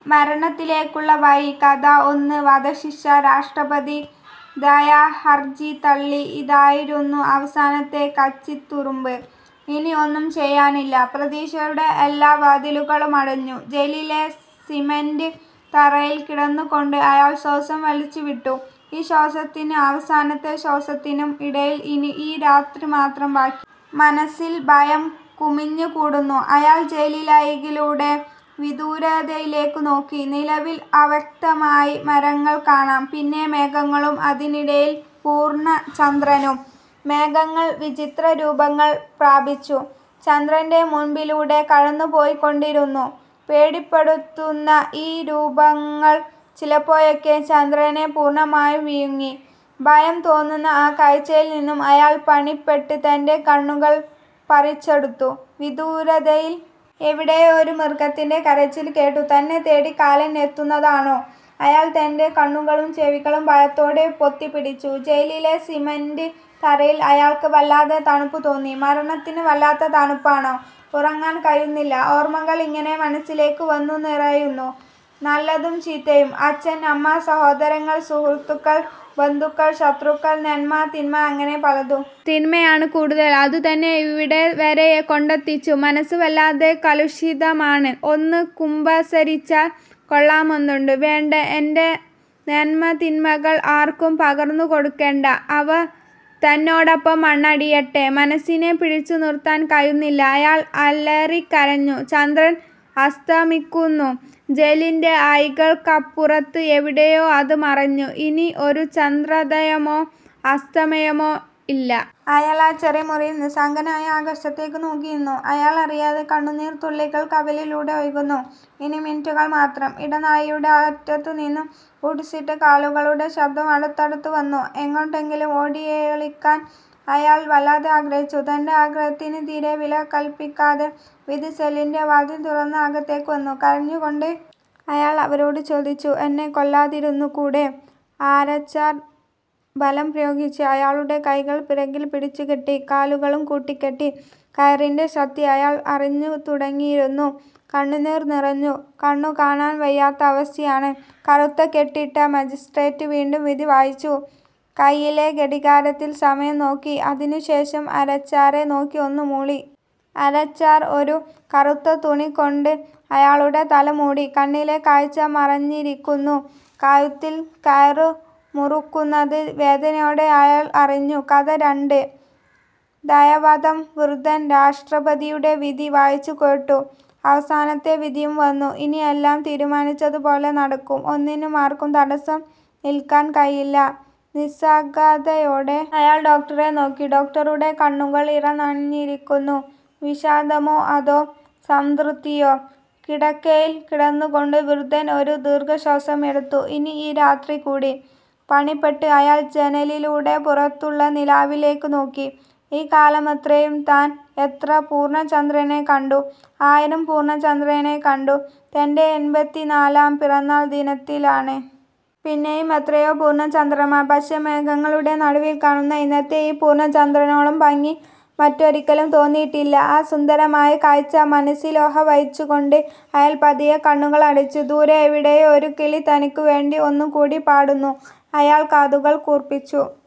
മരണത്തിലേക്കുള്ള വഴി-കഥ ഒന്ന്, വധശിക്ഷ രാഷ്ട്രപതി ദയാഹർജി തള്ളി. ഇതായിരുന്നു അവസാനത്തെ കച്ചിത്തുരുമ്പ്. ഇനി ഒന്നും ചെയ്യാനില്ല. പ്രതീക്ഷയുടെ എല്ലാ വാതിലുകളും അടഞ്ഞു. ജയിലിലെ സിമന്റ് തറയിൽ കിടന്നുകൊണ്ട് അയാൾ ശ്വാസം വലിച്ചുവിട്ടു. ഈ ശ്വാസത്തിനും അവസാനത്തെ ശ്വാസത്തിനും ഇടയിൽ ഇനി ഈ രാത്രി മാത്രം ബാക്കി. മനസ്സിൽ ഭയം കുമിഞ്ഞുകൂടുന്നു. അയാൾ ജയിലഴികളിലൂടെ വിദൂരതയിലേക്ക് നോക്കി. നിലാവിൽ അവ്യക്തമായി മരങ്ങൾ കാണാം. പിന്നെ മേഘങ്ങളും അതിനിടയിൽ പൂർണചന്ദ്രനും. മേഘങ്ങൾ വിചിത്ര രൂപങ്ങൾ പ്രാപിച്ചു. ചന്ദ്രന്റെ മുൻപിലൂടെ കടന്നുപോയിക്കൊണ്ടിരുന്നു. പേടിപ്പെടുത്തുന്ന ഈ രൂപങ്ങൾ ചിലപ്പോഴൊക്കെ ചന്ദ്രനെ പൂർണമായും വിഴുങ്ങി. ഭയം തോന്നുന്ന ആ കാഴ്ചയിൽനിന്ന് അയാൾ പണിപ്പെട്ട് തന്റെ കണ്ണുകൾ പറിച്ചെടുത്തു. വിദൂരതയിൽ എവിടെയോ ഒരു മൃഗത്തിന്റെ കരച്ചിൽ കേട്ടു. തന്നെ തേടി കാലൻ എത്തുന്നതാണോ. അയാൾ തന്റെ കണ്ണുകളും ചെവിയും ഭയത്തോടെ പൊത്തിപ്പിടിച്ചു. ജയിലിലെ സിമന്റ് തറയിൽ അയാൾക്ക് വല്ലാത്ത തണുപ്പ് തോന്നി. മരണത്തിന് വല്ലാത്ത തണുപ്പാണോ. ഉറങ്ങാൻ കഴിയുന്നില്ല. ഓർമകൾ ഇങ്ങനെ മനസ്സിലേക്ക് വന്നുനിറയുന്നു. നല്ലതും ചീത്തയും. അച്ഛൻ, അമ്മ, സഹോദരങ്ങൾ, സുഹൃത്തുക്കൾ, ബന്ധുക്കൾ, ശത്രുക്കൾ, നന്മ, തിന്മ, അങ്ങനെ പലതും. തിന്മയാണ് കൂടുതൽ. അതുതന്നെ ഇവിടെവരെ കൊണ്ടെത്തിച്ചു. മനസ്സ് വല്ലാതെ കലുഷിതമാണ്. ഒന്ന് കുമ്പസരിച്ചാൽ കൊള്ളാമെന്നുണ്ട്. വേണ്ട. എന്റെ നന്മതിന്മകൾ ആർക്കും പകർന്നുകൊടുക്കേണ്ട. അവ തന്നോടൊപ്പം മണ്ണടിയട്ടെ. മനസ്സിനെ പിടിച്ചുനിർത്താൻ കഴിയുന്നില്ല. അയാൾ അലറിക്കരഞ്ഞു. ചന്ദ്രൻ അസ്തമിക്കുന്നു. ജയിലിന്റെ അഴികൾക്കപ്പുറത്ത് എവിടെയോ അത് മറഞ്ഞു. ഇനി ഒരു ചന്ദ്രോദയമോ അസ്തമയമോ ഇല്ല. അയാൾ ആ ചെറിയ മുറിയിൽ നിസ്സംഗനായി ആകാശത്തേക്ക് നോക്കിനിന്നു. അയാളറിയാതെ കണ്ണുനീർത്തുള്ളികൾ കവിളിലൂടെ ഒഴുകുന്നു. ഇനി മിനിറ്റുകൾ മാത്രം. ഇടനാഴിയുടെ അറ്റത്തുനിന്നും ബൂട്ട്സിട്ട കാലുകളുടെ ശബ്ദം അടുത്തടുത്തുവന്നു. എങ്ങോട്ടെങ്കിലും ഓടിയൊളിക്കാൻ അയാൾ വല്ലാതെ ആഗ്രഹിച്ചു. തന്റെ ആഗ്രഹത്തിന് തീരെ വിലകൽപ്പിക്കാതെ വിധി സെല്ലിന്റെ വാതിൽ തുറന്ന് അകത്തേക്ക് വന്നു. കരഞ്ഞുകൊണ്ട് അയാൾ അവരോട് ചോദിച്ചു. എന്നെ കൊല്ലാതിരുന്നുകൂടെ. ആരാച്ചാർ ബലം പ്രയോഗിച്ച് അയാളുടെ കൈകൾ പിറകിൽ പിടിച്ചുകെട്ടി. കാലുകളും കൂട്ടിക്കെട്ടി. കയറിന്റെ ശക്തി അയാൾ അറിഞ്ഞുതുടങ്ങിയിരിക്കുന്നു. കണ്ണുനീർ നിറഞ്ഞു. കണ്ണുകാണാൻ വയ്യാത്ത അവസ്ഥയാണ്. കറുത്ത കോട്ടിട്ട മജിസ്ട്രേറ്റ് വീണ്ടും വിധി വായിച്ചു. കയ്യിലെ ഘടികാരത്തിൽ സമയം നോക്കി. അതിനുശേഷം ആരാച്ചാരെ നോക്കി ഒന്ന് മൂളി. ആരാച്ചാർ ഒരു കറുത്ത തുണികൊണ്ട് അയാളുടെ തല മൂടി. കണ്ണിലെ കാഴ്ച മറഞ്ഞിരിക്കുന്നു. കഴുത്തിൽ കയർ മുറുകുന്നത് വേദനയോടെ അയാൾ അറിഞ്ഞു. കഥ രണ്ട്, ദയാവധം .വൃദ്ധൻ രാഷ്ട്രപതിയുടെ വിധി വായിച്ചുകേട്ടു. അവസാനത്തെ വിധിയും വന്നു. ഇനി എല്ലാം തീരുമാനിച്ചതുപോലെ നടക്കും. ഒന്നിനും ആർക്കും തടസ്സം നിൽക്കാൻ കഴിയില്ല. നിസ്സംഗതയോടെ അയാൾ ഡോക്ടറെ നോക്കി. ഡോക്ടറുടെ കണ്ണുകൾ ഈറനണിഞ്ഞിരുന്നു. വിഷാദമോ അതോ സംതൃപ്തിയോ. കിടക്കയിൽ കിടന്നുകൊണ്ട് വൃദ്ധൻ ഒരു ദീർഘശ്വാസം എടുത്തു. ഇനി ഈ രാത്രി കൂടി. പണിപ്പെട്ട് അയാൾ ജനലിലൂടെ പുറത്തുള്ള നിലാവിലേക്ക് നോക്കി. ഇക്കാലമത്രയും താൻ എത്ര പൂർണചന്ദ്രനെ കണ്ടു. ആയിരം പൂർണചന്ദ്രനെ കണ്ടത് തന്റെ എൺപത്തിനാലാം പിറന്നാൾ ദിനത്തിലാണ്. പിന്നെയും എത്രയോ പൂർണചന്ദ്രന്മാർ. പക്ഷേ മേഘങ്ങളുടെ നടുവിൽ കാണുന്ന ഇന്നത്തെ ഈ പൂർണചന്ദ്രനോളം ഭംഗി മറ്റൊരിക്കലും തോന്നിയിട്ടില്ല.ആ സുന്ദരമായ കാഴ്ച മനസ്സിലേക്കാവാഹിച്ചുകൊണ്ട് അയാൾ പതിയെ കണ്ണുകൾ അടച്ചു. ദൂരെ എവിടെയോ ഒരു കിളി തനിക്കുവേണ്ടി ഒന്നുകൂടി പാടുന്നു. അയാൾ കാതുകൾ കൂർപ്പിച്ചു.